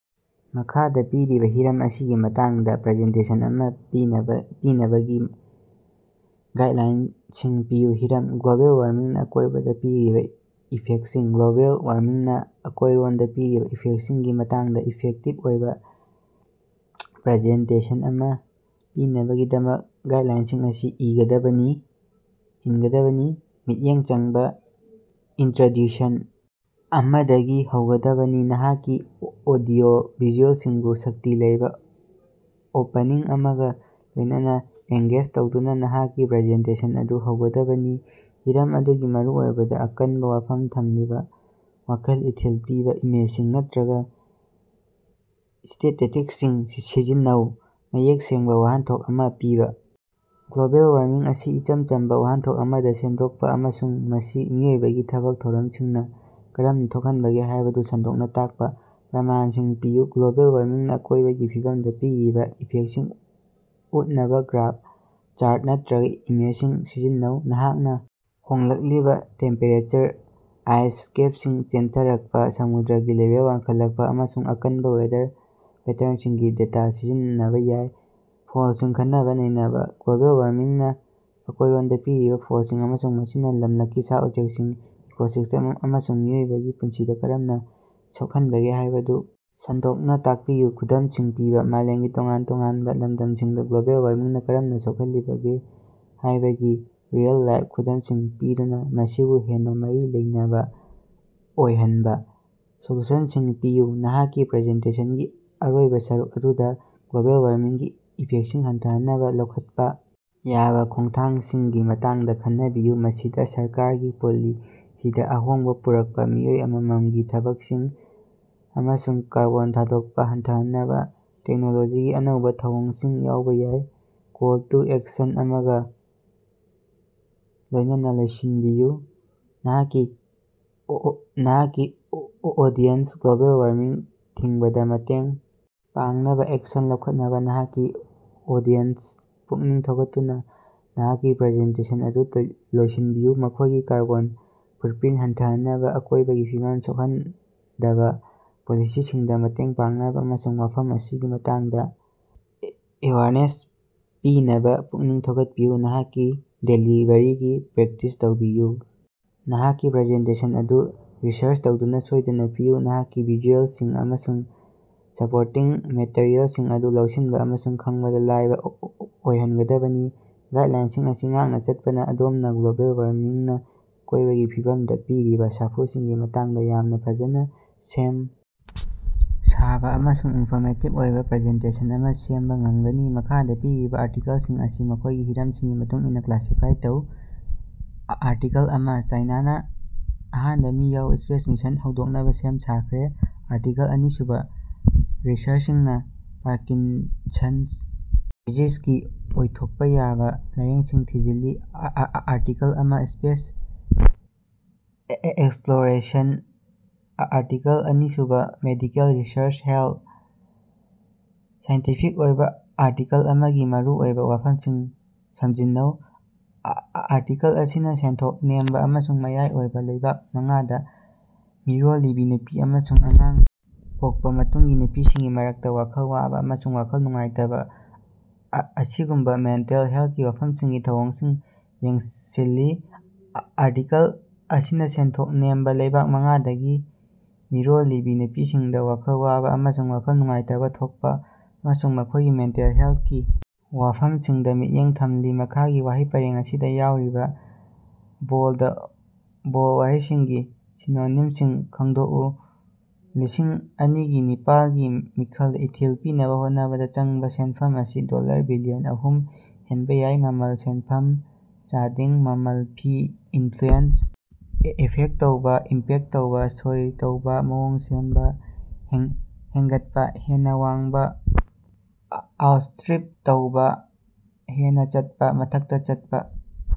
ꯃꯈꯥꯗ ꯄꯤꯔꯤꯕ ꯍꯤꯔꯝ ꯑꯁꯤꯒꯤ ꯃꯇꯥꯡꯗ ꯄ꯭ꯔꯖꯦꯟꯇꯦꯁꯟ ꯑꯃ ꯄꯤꯅꯕꯒꯤ ꯒꯥꯏꯗꯂꯥꯏꯟꯁꯤꯡ ꯄꯤꯌꯨ꯫ ꯍꯤꯔꯝ: ꯒ꯭ꯂꯣꯕꯦꯜ ꯋꯥꯔꯃꯤꯡꯅ ꯑꯀꯣꯏꯕꯗ ꯄꯤꯔꯤꯕ ꯏꯐꯦꯛꯁꯤꯡ꯫ ꯒ꯭ꯂꯣꯕꯦꯜ ꯋꯥꯔꯃꯤꯡꯅ ꯑꯀꯣꯏꯔꯣꯟꯗ ꯄꯤꯔꯤꯕ ꯏꯐꯦꯛꯁꯤꯡꯒꯤ ꯃꯇꯥꯡꯗ ꯏꯐꯦꯛꯇꯤꯚ ꯑꯣꯏꯕ ꯄ꯭ꯔꯖꯦꯟꯇꯦꯁꯟ ꯑꯃ ꯄꯤꯅꯕꯒꯤꯗꯃꯛ, ꯒꯥꯏꯗꯂꯥꯏꯟꯁꯤꯡ ꯑꯁꯤ ꯏꯟꯒꯗꯕꯅꯤ: ꯃꯤꯠꯌꯦꯡ ꯆꯪꯕ ꯏꯅꯇ꯭ꯔꯣꯗ꯭ꯌꯨꯁꯟ ꯑꯃꯗꯒꯤ ꯍꯧꯒꯗꯕꯅꯤ, ꯅꯍꯥꯛꯀꯤ ꯑꯣꯗꯤꯑꯣ-ꯚꯤꯖꯨꯑꯦꯜꯁꯤꯡꯕꯨ ꯁꯛꯇꯤ ꯂꯩꯕ ꯑꯣꯄꯅꯤꯡ ꯑꯃꯒ ꯂꯣꯏꯅꯅ ꯑꯦꯡꯒꯦꯖ ꯇꯧꯗꯨꯅ ꯅꯍꯥꯛꯀꯤ ꯄ꯭ꯔꯖꯦꯟꯇꯦꯁꯟ ꯑꯗꯨ ꯍꯧꯒꯗꯕꯅꯤ꯫ ꯍꯤꯔꯝ ꯑꯗꯨꯒꯤ ꯃꯔꯨꯑꯣꯏꯕꯗ ꯑꯀꯟꯕ ꯋꯥꯐꯝ ꯊꯝꯂꯤꯕ ꯋꯥꯈꯜ ꯏꯊꯤꯜ ꯄꯤꯕ ꯏꯃꯦꯖꯁꯤꯡ ꯅꯠꯇꯔꯒ ꯁ꯭ꯇꯦꯇꯤꯁ꯭ꯇꯤꯛꯁꯁꯤꯡ ꯁꯤꯖꯤꯟꯅꯧ꯫ ꯃꯌꯦꯛ ꯁꯦꯡꯕ ꯋꯥꯍꯟꯊꯣꯛ ꯑꯃꯥ ꯄꯤꯕ: ꯒ꯭ꯂꯣꯕꯦꯜ ꯋꯥꯔꯃꯤꯡ ꯑꯁꯤ ꯏꯆꯝ ꯆꯝꯕ ꯋꯥꯍꯟꯊꯣꯛ ꯑꯃꯗ ꯁꯦꯝꯗꯣꯛꯄ ꯑꯃꯁꯨꯡ ꯃꯁꯤ ꯃꯤꯑꯣꯏꯕꯒꯤ ꯊꯕꯛ ꯊꯧꯔꯝꯁꯤꯡꯅ ꯀꯔꯝꯅ ꯊꯣꯛꯍꯟꯕꯒꯦ ꯍꯥꯏꯕꯗꯨ ꯁꯟꯗꯣꯛꯅ ꯇꯥꯛꯄ꯫ ꯄ꯭ꯔꯃꯥꯟꯁꯤꯡ ꯄꯤꯌꯨ: ꯒ꯭ꯂꯣꯕꯦꯜ ꯋꯥꯔꯃꯤꯡꯅ ꯑꯀꯣꯏꯕꯒꯤ ꯐꯤꯕꯝꯗ ꯄꯤꯔꯤꯕ ꯏꯐꯦꯛꯁꯤꯡ ꯎꯠꯅꯕ ꯒ꯭ꯔꯥꯐ, ꯆꯥꯔꯠ ꯅꯠꯇꯔꯒ ꯏꯃꯦꯖꯁꯤꯡ ꯁꯤꯖꯤꯟꯅꯧ꯫ ꯅꯍꯥꯛꯅ ꯍꯣꯡꯂꯛꯂꯤꯕ ꯇꯦꯝꯄꯦꯔꯦꯆꯔ, ꯑꯥꯏꯁ ꯀꯦꯞꯁꯤꯡ ꯆꯦꯟꯊꯔꯛꯄ, ꯁꯃꯨꯗ꯭ꯔꯒꯤ ꯂꯦꯚꯦꯜ ꯋꯥꯡꯈꯠꯂꯛꯄ, ꯑꯃꯁꯨꯡ ꯑꯀꯟꯕ ꯋꯦꯗꯔ ꯄꯦꯇꯔꯟꯁꯤꯡꯒꯤ ꯗꯦꯇꯥ ꯁꯤꯖꯤꯟꯅꯕ ꯌꯥꯏ꯫ ꯐꯜꯁꯤꯡ ꯈꯟꯅ-ꯅꯩꯅꯕ: ꯒ꯭ꯂꯣꯕꯦꯜ ꯋꯥꯔꯃꯤꯡꯅ ꯑꯀꯣꯏꯔꯣꯟꯗ ꯄꯤꯔꯤꯕ ꯐꯜꯁꯤꯡ ꯑꯃꯁꯨꯡ ꯃꯁꯤꯅ ꯂꯝꯂꯛꯀꯤ ꯁꯥ-ꯎꯆꯦꯛꯁꯤꯡ, ꯏꯀꯣꯁꯤꯁ꯭ꯇꯦꯝ ꯑꯃꯁꯨꯡ ꯃꯤꯑꯣꯏꯕꯒꯤ ꯄꯨꯟꯁꯤꯗ ꯀꯔꯝꯅ ꯁꯣꯛꯍꯟꯕꯒꯦ ꯍꯥꯏꯕꯗꯨ ꯁꯟꯗꯣꯛꯅ ꯇꯥꯛꯄꯤꯌꯨ꯫ ꯈꯨꯗꯝꯁꯤꯡ ꯄꯤꯕ: ꯃꯥꯂꯦꯝꯒꯤ ꯇꯣꯉꯥꯟ-ꯇꯣꯉꯥꯟꯕ ꯂꯝꯗꯝꯁꯤꯡꯗ ꯒ꯭ꯂꯣꯕꯦꯜ ꯋꯥꯔꯃꯤꯡꯅ ꯀꯔꯝꯅ ꯁꯣꯛꯍꯜꯂꯤꯕꯒꯦ ꯍꯥꯏꯕꯒꯤ ꯔꯤꯑꯦꯜ-ꯂꯥꯏꯐ ꯈꯨꯗꯝꯁꯤꯡ ꯄꯤꯗꯨꯅꯥ ꯃꯁꯤꯕꯨ ꯍꯦꯟꯅ ꯃꯔꯤ ꯂꯩꯅꯕ ꯑꯣꯏꯍꯟꯕ꯫ ꯁꯣꯂꯨꯁꯟꯁꯤꯡ ꯄꯤꯌꯨ - ꯅꯍꯥꯛꯀꯤ ꯄ꯭ꯔꯖꯦꯟꯇꯦꯁꯟꯒꯤ ꯑꯔꯣꯏꯕ ꯁꯔꯨꯛ ꯑꯗꯨꯗꯥ, ꯒ꯭ꯂꯣꯕꯦꯜ ꯋꯥꯔꯃꯤꯡꯒꯤ ꯏꯐꯦꯛꯁꯤꯡ ꯍꯟꯊꯍꯟꯅꯕ ꯂꯧꯈꯠꯄꯥ ꯌꯥꯕ ꯈꯣꯡꯊꯥꯡꯁꯤꯡꯒꯤ ꯃꯇꯥꯡꯗ ꯈꯟꯅꯕꯤꯌꯨ꯫ ꯃꯁꯤꯗ ꯁꯔꯀꯥꯔꯒꯤ ꯄꯣꯂꯤꯁꯤꯗ ꯑꯍꯣꯡꯕ ꯄꯨꯔꯛꯄ, ꯃꯤꯑꯣꯏ ꯑꯃꯃꯝꯒꯤ ꯊꯕꯛꯁꯤꯡ, ꯑꯃꯁꯨꯡ ꯀꯥꯔꯕꯣꯟ ꯊꯥꯗꯣꯛꯄ ꯍꯟꯊꯍꯟꯅꯕ ꯇꯦꯛꯅꯣꯂꯣꯖꯤꯒꯤ ꯑꯅꯧꯕꯥ ꯊꯧꯑꯣꯡꯁꯤꯡ ꯌꯥꯎꯕ ꯌꯥꯏ꯫ ꯀꯣꯜ ꯇꯨ ꯑꯦꯛꯁꯟ ꯑꯃꯒ ꯂꯣꯏꯅꯅ ꯂꯣꯏꯁꯤꯟꯕꯤꯌꯨ: ꯅꯍꯥꯛꯀꯤ ꯑꯣꯗꯤꯌꯦꯟꯁ ꯒ꯭ꯂꯣꯕꯦꯜ ꯋꯥꯔꯃꯤꯡ ꯊꯤꯡꯕꯗ ꯃꯇꯦꯡ ꯄꯥꯡꯅꯕ ꯑꯦꯛꯁꯟ ꯂꯧꯈꯠꯅꯕ ꯅꯍꯥꯛꯀꯤ ꯑꯣꯗꯤꯑꯦꯟꯁ ꯄꯨꯛꯅꯤꯡ ꯊꯧꯒꯠꯇꯨꯅ ꯅꯍꯥꯛꯀꯤ ꯄ꯭ꯔꯖꯦꯟꯇꯦꯁꯟ ꯑꯗꯨ ꯂꯣꯏꯁꯤꯟꯕꯤꯌꯨ꯫ ꯃꯈꯣꯏꯒꯤ ꯀꯥꯔꯕꯣꯟ ꯐꯨꯠꯄ꯭ꯔꯤꯟꯠ ꯍꯟꯊꯍꯟꯅꯕ, ꯑꯀꯣꯏꯕꯒꯤ ꯐꯤꯕꯝ ꯁꯣꯛꯍꯟꯗꯕ ꯄꯣꯂꯤꯁꯤꯁꯤꯡꯗ ꯃꯇꯦꯡ ꯄꯥꯡꯅꯕ ꯑꯃꯁꯨꯡ ꯋꯥꯐꯝ ꯑꯁꯤꯒꯤ ꯃꯇꯥꯡꯗ ꯑꯦꯋꯦꯌ꯭ꯔꯅꯦꯁ ꯄꯤꯅꯕ ꯄꯨꯛꯅꯤꯡ ꯊꯧꯒꯠꯄꯤꯌꯨ꯫ ꯅꯍꯥꯛꯀꯤ ꯗꯦꯂꯤꯚꯔꯤꯒꯤ ꯄ꯭ꯔꯦꯛꯇꯤꯁ ꯇꯧꯕꯤꯌꯨ: ꯅꯍꯥꯛꯀꯤ ꯄ꯭ꯔꯖꯦꯟꯇꯦꯁꯟ ꯑꯗꯨ ꯔꯤꯍꯔ꯭ꯁ ꯇꯧꯗꯨꯅ ꯁꯣꯏꯗꯅ ꯄꯤꯌꯨ꯫ ꯅꯍꯥꯛꯀꯤ ꯚꯤꯖꯨꯑꯦꯜꯁꯤꯡ ꯑꯃꯁꯨꯡ ꯁꯄꯣꯔꯇꯤꯡ ꯃꯦꯇꯔꯤꯑꯦꯜꯁꯤꯡ ꯑꯗꯨ ꯂꯧꯁꯤꯟꯕ ꯑꯃꯁꯨꯡ ꯈꯪꯕꯗ ꯂꯥꯏꯕ ꯑꯣꯏꯍꯟꯒꯗꯕꯅꯤ꯫ ꯒꯥꯏꯗꯂꯥꯏꯟꯁꯤꯡ ꯑꯁꯤ ꯉꯥꯛꯅꯥ ꯆꯠꯄꯅ ꯑꯗꯣꯝꯅ ꯒ꯭ꯂꯣꯕꯦꯜ ꯋꯥꯔꯃꯤꯡꯅ ꯑꯀꯣꯏꯕꯒꯤ ꯐꯤꯕꯝꯗ ꯄꯤꯔꯤꯕ ꯁꯥꯐꯨꯁꯤꯡꯒꯤ ꯃꯇꯥꯡꯗ ꯌꯥꯝꯅ ꯐꯖꯅ ꯁꯦꯝ ꯁꯥꯕ ꯑꯃꯁꯨꯡ ꯏꯟꯐꯣꯔꯃꯦꯇꯤꯕ ꯑꯣꯏꯕ ꯄ꯭ꯔꯖꯦꯟꯇꯦꯁꯟ ꯑꯃ ꯁꯦꯝꯕ ꯉꯝꯒꯅꯤ꯫ ꯃꯈꯥꯗ ꯄꯤꯔꯤꯕ ꯑꯥꯔꯇꯤꯀꯜꯁꯤꯡ ꯑꯁꯤ ꯃꯈꯣꯏꯒꯤ ꯍꯤꯔꯝꯁꯤꯡꯒꯤ ꯃꯇꯨꯡ ꯏꯟꯅ ꯀ꯭ꯂꯥꯁꯤꯐꯥꯏ ꯇꯧ꯫ ꯑꯥꯔꯇꯤꯀꯜ ꯑꯃ: "ꯆꯥꯏꯅꯥꯅ ꯑꯍꯥꯟꯕ ꯃꯤ ꯌꯥꯎꯕ ꯁ꯭ꯄꯦꯁ ꯃꯤꯁꯟ ꯍꯧꯗꯣꯛꯅꯕ ꯁꯦꯝ ꯁꯥꯈ꯭ꯔꯦ꯫" ꯑꯥꯔꯇꯤꯀꯜ ꯑꯅꯤꯁꯨꯕ: "ꯔꯤꯁ꯭ꯔꯆꯔꯁꯤꯡꯅ ꯄꯥꯔꯀꯤꯟꯁꯟ꯭ꯁ ꯗꯤꯖꯤꯖꯒꯤ ꯑꯣꯏꯊꯣꯛꯄ ꯌꯥꯕ ꯂꯥꯏꯌꯦꯡꯁꯤꯡ ꯊꯤꯖꯤꯜꯂꯤ꯫" ꯑꯥꯔꯇꯤꯀꯜ ꯑꯃ: ꯁ꯭ꯄꯦꯁ ꯑꯦꯛꯁꯞꯂꯣꯔꯦꯁꯟ ꯑꯥꯔꯇꯤꯀꯜ ꯑꯅꯤꯁꯨꯕ: ꯃꯦꯗꯤꯀꯦꯜ ꯔꯤꯁ꯭ꯔꯆ/ꯍꯦꯜꯊ꯫ ꯁꯥꯏꯟꯇꯤꯐꯤꯛ ꯑꯣꯏꯕ ꯑꯥꯔꯇꯤꯀꯜ ꯑꯃꯒꯤ ꯃꯔꯨꯑꯣꯏꯕ ꯋꯥꯐꯝꯁꯤꯡ ꯁꯃꯖꯤꯟꯅꯧ꯫ ꯑꯥꯔꯇꯤꯀꯜ ꯑꯁꯤꯅꯥ ꯁꯦꯟꯊꯣꯛ ꯅꯦꯝꯕ ꯑꯃꯁꯨꯡ ꯃꯌꯥꯏ ꯑꯣꯏꯕ ꯂꯩꯕꯥꯛ ꯃꯉꯥꯗ ꯃꯤꯔꯣꯜꯂꯤꯕꯤ ꯅꯨꯄꯤ ꯑꯃꯁꯨꯡ ꯑꯉꯥꯡ ꯄꯣꯛꯄꯥ ꯃꯇꯨꯡꯒꯤ ꯅꯨꯄꯤꯁꯤꯡꯒꯤ ꯃꯔꯛꯇ ꯋꯥꯈꯜ ꯋꯥꯕꯥ ꯑꯃꯁꯨꯡ ꯋꯥꯈꯜ ꯅꯨꯡꯉꯥꯏꯇꯕ ꯑꯁꯤꯒꯨꯝꯕꯥ ꯃꯦꯟꯇꯦꯜ ꯍꯦꯜꯊꯀꯤ ꯋꯥꯐꯝꯁꯤꯡꯒꯤ ꯊꯧꯑꯣꯡꯁꯤꯡ ꯌꯦꯡꯁꯤꯜꯂꯤ꯫ ꯑꯥꯔꯇꯤꯀꯜ ꯑꯁꯤꯅ ꯁꯦꯟꯊꯣꯛ ꯅꯦꯝꯕ ꯂꯩꯕꯥꯛ ꯃꯉꯥꯗꯒꯤ ꯃꯤꯔꯣꯜꯂꯤꯕꯤ ꯅꯨꯄꯤꯁꯤꯡꯗꯥ ꯋꯥꯈꯜ ꯋꯥꯕ ꯑꯃꯁꯨꯡ ꯋꯥꯈꯜ ꯅꯨꯡꯉꯥꯏꯇꯕ ꯊꯣꯛꯄꯥ ꯑꯃꯁꯨꯡ ꯃꯈꯣꯏꯒꯤ ꯃꯦꯟꯇꯦꯜ ꯍꯦꯜꯊꯀꯤ ꯋꯥꯐꯝꯁꯤꯡꯗ ꯃꯤꯠꯌꯦꯡ ꯊꯝꯂꯤ꯫ ꯃꯈꯥꯒꯤ ꯋꯥꯍꯩ ꯄꯔꯦꯡ ꯑꯁꯤꯗ ꯌꯥꯎꯔꯤꯕ ꯕꯣꯜꯗ ꯋꯥꯍꯩꯁꯤꯡꯒꯤ ꯁꯤꯅꯣꯅꯤꯝꯁꯤꯡ ꯈꯪꯗꯣꯛꯎ꯫ ꯂꯤꯁꯤꯡ ꯑꯅꯤꯒ ꯅꯤꯄꯥꯜꯒꯤ ꯃꯤꯈꯜꯗ ꯏꯊꯤꯜ ꯄꯤꯅꯕ ꯍꯣꯠꯅꯕꯗ ꯆꯪꯕ ꯁꯦꯅꯐꯝ ꯑꯁꯤ ꯗꯣꯜꯂꯔ ꯕꯤꯂꯤꯌꯟ ꯑꯍꯨꯝ ꯍꯦꯟꯕ ꯌꯥꯏ꯫ ꯃꯃꯜ: ꯁꯦꯅꯐꯝ, ꯆꯥꯗꯤꯡ, ꯃꯃꯜ, ꯐꯤ꯫ ꯏꯅꯐ꯭ꯂꯨꯑꯦꯟꯁ: ꯑꯦꯐꯦꯛ ꯇꯧꯕꯥ, ꯏꯝꯄꯦꯛ ꯇꯧꯕꯥ, ꯁꯣꯏ ꯇꯧꯕꯥ, ꯃꯑꯣꯡ ꯁꯦꯝꯚ꯫ ꯍꯦꯡꯒꯠꯄ: ꯍꯦꯟꯅ ꯋꯥꯡꯕꯥ, ꯑꯥꯎꯠꯁ꯭ꯇ꯭ꯔꯤꯞ ꯇꯧꯕꯥ, ꯍꯦꯟꯅ ꯆꯠꯄ, ꯃꯊꯛꯇ ꯆꯠꯄ꯫